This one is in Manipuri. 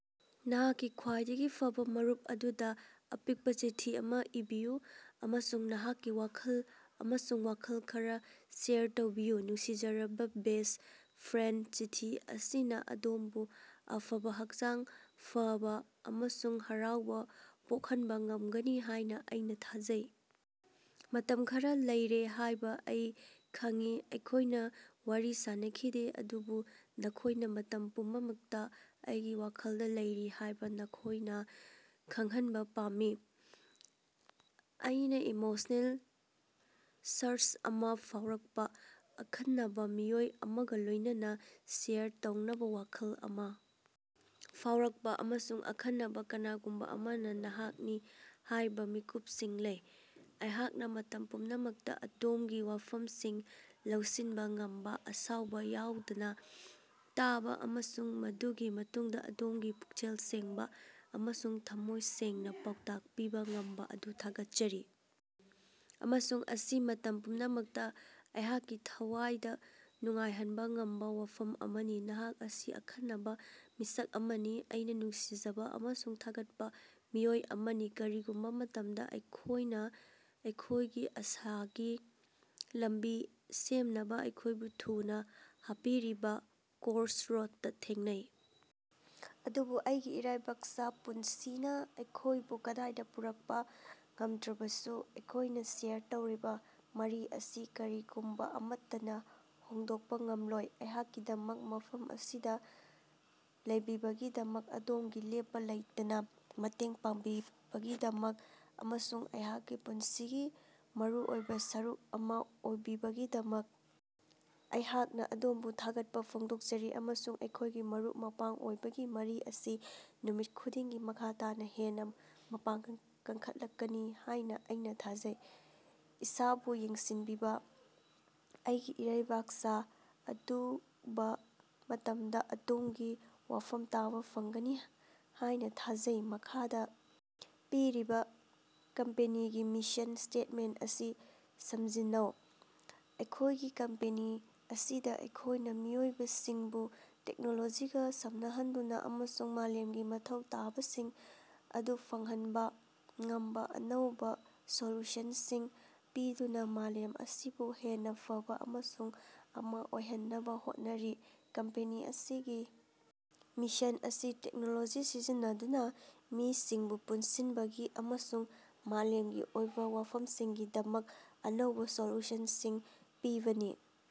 ꯅꯍꯥꯛꯀꯤ ꯈ꯭ꯋꯥꯏꯗꯒꯤ ꯐꯕꯥ ꯃꯔꯨꯞ ꯑꯗꯨꯗ ꯑꯄꯤꯛꯄ ꯆꯤꯊꯤ ꯑꯃ ꯏꯕꯤꯌꯨ ꯑꯃꯁꯨꯡ ꯅꯍꯥꯛꯀꯤ ꯋꯥꯈꯜ ꯑꯃꯁꯨꯡ ꯋꯥꯈꯜ ꯈꯔꯥ ꯁꯦꯌꯔ ꯇꯧꯕꯤꯌꯨ꯫ ꯅꯨꯡꯁꯤꯖꯔꯕꯥ ꯕꯦꯁ꯭ꯠ ꯐ꯭ꯔꯦꯟꯗ, ꯆꯤꯊꯤ ꯑꯁꯤꯅ ꯑꯗꯣꯝꯕꯨ ꯑꯐꯕ ꯍꯛꯆꯥꯡ ꯐꯕꯥ ꯑꯃꯁꯨꯡ ꯍꯔꯥꯎꯕ ꯄꯣꯛꯍꯟꯕ ꯉꯝꯒꯅꯤ ꯍꯥꯏꯅ ꯑꯩꯅ ꯊꯥꯖꯩ꯫ ꯃꯇꯝ ꯈꯔꯥ ꯂꯩꯔꯦ ꯍꯥꯏꯕ ꯑꯩ ꯈꯪꯏ, ꯑꯩꯈꯣꯏꯅ ꯋꯥꯔꯤ ꯁꯥꯅꯈꯤꯗꯦ, ꯑꯗꯨꯕꯨ ꯅꯈꯣꯏꯅ ꯃꯇꯝ ꯄꯨꯝꯅꯃꯛꯇ ꯑꯩꯒꯤ ꯋꯥꯈꯜꯗ ꯂꯩꯔꯤ ꯍꯥꯏꯕ ꯅꯈꯣꯏꯅ ꯈꯉꯪꯍꯟꯕ ꯄꯥꯝꯃꯤ꯫ ꯑꯩꯅ ꯏꯃꯣꯁꯅꯦꯜ ꯁꯔꯖ ꯑꯃ ꯐꯥꯎꯔꯛꯄ, ꯑꯈꯟꯅꯕ ꯃꯤꯑꯣꯏ ꯑꯃꯒ ꯂꯣꯏꯅꯅꯥ ꯁꯦꯌꯔ ꯇꯧꯅꯕꯥ ꯋꯥꯈꯜ ꯑꯃ ꯐꯥꯎꯔꯛꯄ, ꯑꯃꯁꯨꯡ ꯑꯈꯟꯅꯕ ꯀꯅꯥꯒꯨꯝꯕ ꯑꯃꯅ ꯅꯍꯥꯛꯅꯤ ꯍꯥꯏꯕ ꯃꯤꯀꯨꯞꯁꯤꯡ ꯂꯩ꯫ ꯑꯩꯍꯥꯛꯅ ꯃꯇꯝ ꯄꯨꯝꯅꯃꯛꯇ ꯑꯗꯣꯝꯒꯤ ꯋꯥꯐꯝꯁꯤꯡ ꯂꯧꯁꯤꯟꯕ ꯉꯝꯕ, ꯑꯁꯥꯎꯕ ꯌꯥꯎꯗꯅ ꯇꯥꯕ ꯑꯃꯁꯨꯡ ꯃꯗꯨꯒꯤ ꯃꯇꯨꯡꯗ ꯑꯗꯣꯝꯒꯤ ꯄꯨꯛꯆꯦꯜ ꯁꯦꯡꯕ ꯑꯃꯁꯨꯡ ꯊꯝꯃꯣꯏ ꯁꯦꯡꯅ ꯄꯥꯎꯇꯥꯛ ꯄꯤꯕ ꯉꯝꯕ ꯑꯗꯨ ꯊꯥꯒꯠꯆꯔꯤ, ꯑꯃꯁꯨꯡ ꯃꯁꯤ ꯃꯇꯝ ꯄꯨꯝꯅꯃꯛꯇ ꯑꯩꯍꯥꯛꯀꯤ ꯊꯋꯥꯏꯗ ꯅꯨꯡꯉꯥꯏꯍꯟꯕ ꯉꯝꯕ ꯋꯥꯐꯝ ꯑꯃꯅꯤ꯫ ꯅꯍꯥꯛ ꯑꯁꯤ ꯑꯈꯟꯅꯕ ꯃꯤꯁꯛ ꯑꯃꯅꯤ, ꯑꯩꯅ ꯅꯨꯡꯁꯤꯖꯕ ꯑꯃꯁꯨꯡ ꯊꯥꯒꯠꯄ ꯃꯤꯑꯣꯏ ꯑꯃꯅꯤ꯫ ꯀꯔꯤꯒꯨꯝꯕ ꯃꯇꯝꯗ, ꯑꯩꯈꯣꯏꯅ ꯑꯩꯈꯣꯏꯒꯤ ꯑꯁꯥꯒꯤ ꯂꯝꯕꯤ ꯁꯦꯝꯅꯕ ꯑꯩꯈꯣꯏꯕꯨ ꯊꯨꯅ ꯍꯥꯞꯄꯤꯔꯤꯕ ꯀ꯭ꯔꯣꯁꯔꯣꯗꯇꯥ ꯊꯦꯡꯅꯩ, ꯑꯗꯨꯕꯨ ꯑꯩꯒꯤ ꯏꯔꯩꯕꯥꯛꯁꯥ, ꯄꯨꯟꯁꯤꯅ ꯑꯩꯈꯣꯏꯕꯨ ꯀꯗꯥꯏꯗ ꯄꯨꯔꯛꯄ ꯉꯝꯗ꯭ꯔꯕꯁꯨ, ꯑꯩꯈꯣꯏꯅ ꯁꯦꯌꯔ ꯇꯧꯔꯤꯕ ꯃꯔꯤ ꯑꯁꯤ ꯀꯔꯤꯒꯨꯝꯕ ꯑꯃꯠꯇꯅꯥ ꯍꯣꯡꯗꯣꯛꯄ ꯉꯝꯂꯣꯏ꯫ ꯑꯩꯍꯥꯛꯀꯤꯗꯃꯛ ꯃꯐꯝ ꯑꯁꯤꯗ ꯂꯩꯕꯤꯕꯒꯤꯗꯃꯛ, ꯑꯗꯣꯝꯒꯤ ꯂꯦꯞꯄ ꯂꯩꯇꯅꯥ ꯃꯇꯦꯡ ꯄꯥꯡꯕꯤꯕꯒꯤꯗꯃꯛ, ꯑꯃꯁꯨꯡ ꯑꯩꯍꯥꯛꯀꯤ ꯄꯨꯟꯁꯤꯒꯤ ꯃꯔꯨꯑꯣꯏꯕ ꯁꯔꯨꯛ ꯑꯃ ꯑꯣꯏꯕꯤꯕꯒꯤꯗꯃꯛ ꯑꯩꯍꯥꯛꯅ ꯑꯗꯣꯝꯕꯨ ꯊꯥꯒꯠꯄ ꯐꯣꯡꯗꯣꯛꯆꯔꯤ꯫ ꯑꯃꯁꯨꯡ ꯑꯩꯈꯣꯏꯒꯤ ꯃꯔꯨꯞ-ꯃꯄꯥꯡ ꯑꯣꯏꯕꯒꯤ ꯃꯔꯤ ꯑꯁꯤ ꯅꯨꯃꯤꯠ ꯈꯨꯗꯤꯡꯒꯤ ꯃꯈꯥ ꯇꯥꯅ ꯍꯦꯟꯅ ꯃꯄꯥꯡꯒꯜ ꯀꯟꯈꯠꯂꯛꯀꯅꯤ ꯍꯥꯏꯅ ꯑꯩꯅ ꯊꯥꯖꯩ꯫ ꯏꯁꯥꯕꯨ ꯌꯦꯡꯁꯤꯟꯕꯤꯕꯥ ꯑꯩꯒꯤ ꯏꯔꯩꯕꯥꯛꯁꯥ꯫ ꯑꯗꯨꯕ ꯃꯇꯝꯗ ꯑꯗꯣꯝꯒꯤ ꯋꯥꯐꯝ ꯇꯥꯕ ꯐꯪꯒꯅꯤ ꯍꯥꯏꯅ ꯊꯥꯖꯩ꯫ ꯃꯈꯥꯗ ꯄꯤꯔꯤꯕ ꯀꯝꯄꯅꯤꯒꯤ ꯃꯤꯁꯟ ꯁ꯭ꯇꯦꯠꯃꯦꯟꯇ ꯑꯁꯤ ꯁꯝꯖꯤꯟꯅꯧ꯫ ꯑꯩꯈꯣꯏꯒꯤ ꯀꯝꯄꯦꯅꯤ ꯑꯁꯤꯗ ꯑꯩꯈꯣꯏꯅ ꯃꯤꯑꯣꯏꯁꯤꯡꯕꯨ ꯇꯦꯛꯅꯣꯂꯣꯖꯤꯒ ꯁꯝꯅꯍꯟꯗꯨꯅ ꯑꯃꯁꯨꯡ ꯃꯥꯂꯦꯝꯒꯤ ꯃꯊꯧ ꯇꯥꯕꯁꯤꯡ ꯑꯗꯨ ꯐꯪꯍꯟꯕ ꯉꯝꯕ ꯑꯅꯧꯕ ꯁꯣꯂꯨꯁꯟꯁꯤꯡ ꯄꯤꯗꯨꯅ ꯃꯥꯂꯦꯝ ꯑꯁꯤꯕꯨ ꯍꯦꯟꯅ ꯐꯕꯥ ꯃꯐꯝ ꯑꯃ ꯑꯣꯏꯍꯟꯅꯕ ꯍꯣꯠꯅꯔꯤ꯫ ꯀꯝꯄꯦꯅꯤ ꯑꯁꯤꯒꯤ ꯃꯤꯁꯟ ꯑꯁꯤ ꯇꯦꯛꯅꯣꯂꯣꯖꯤ ꯁꯤꯖꯤꯟꯅꯗꯨꯅ ꯃꯤꯁꯤꯡꯕꯨ ꯄꯨꯟꯁꯤꯟꯕꯅꯤ, ꯑꯃꯁꯨꯡ ꯃꯥꯂꯦꯝꯒꯤ ꯑꯣꯏꯕ ꯋꯥꯐꯝꯁꯤꯡꯒꯤꯗꯃꯛ ꯑꯅꯧꯕ ꯁꯣꯂꯨꯁꯟꯁꯤꯡ ꯄꯤꯕꯅꯤ꯫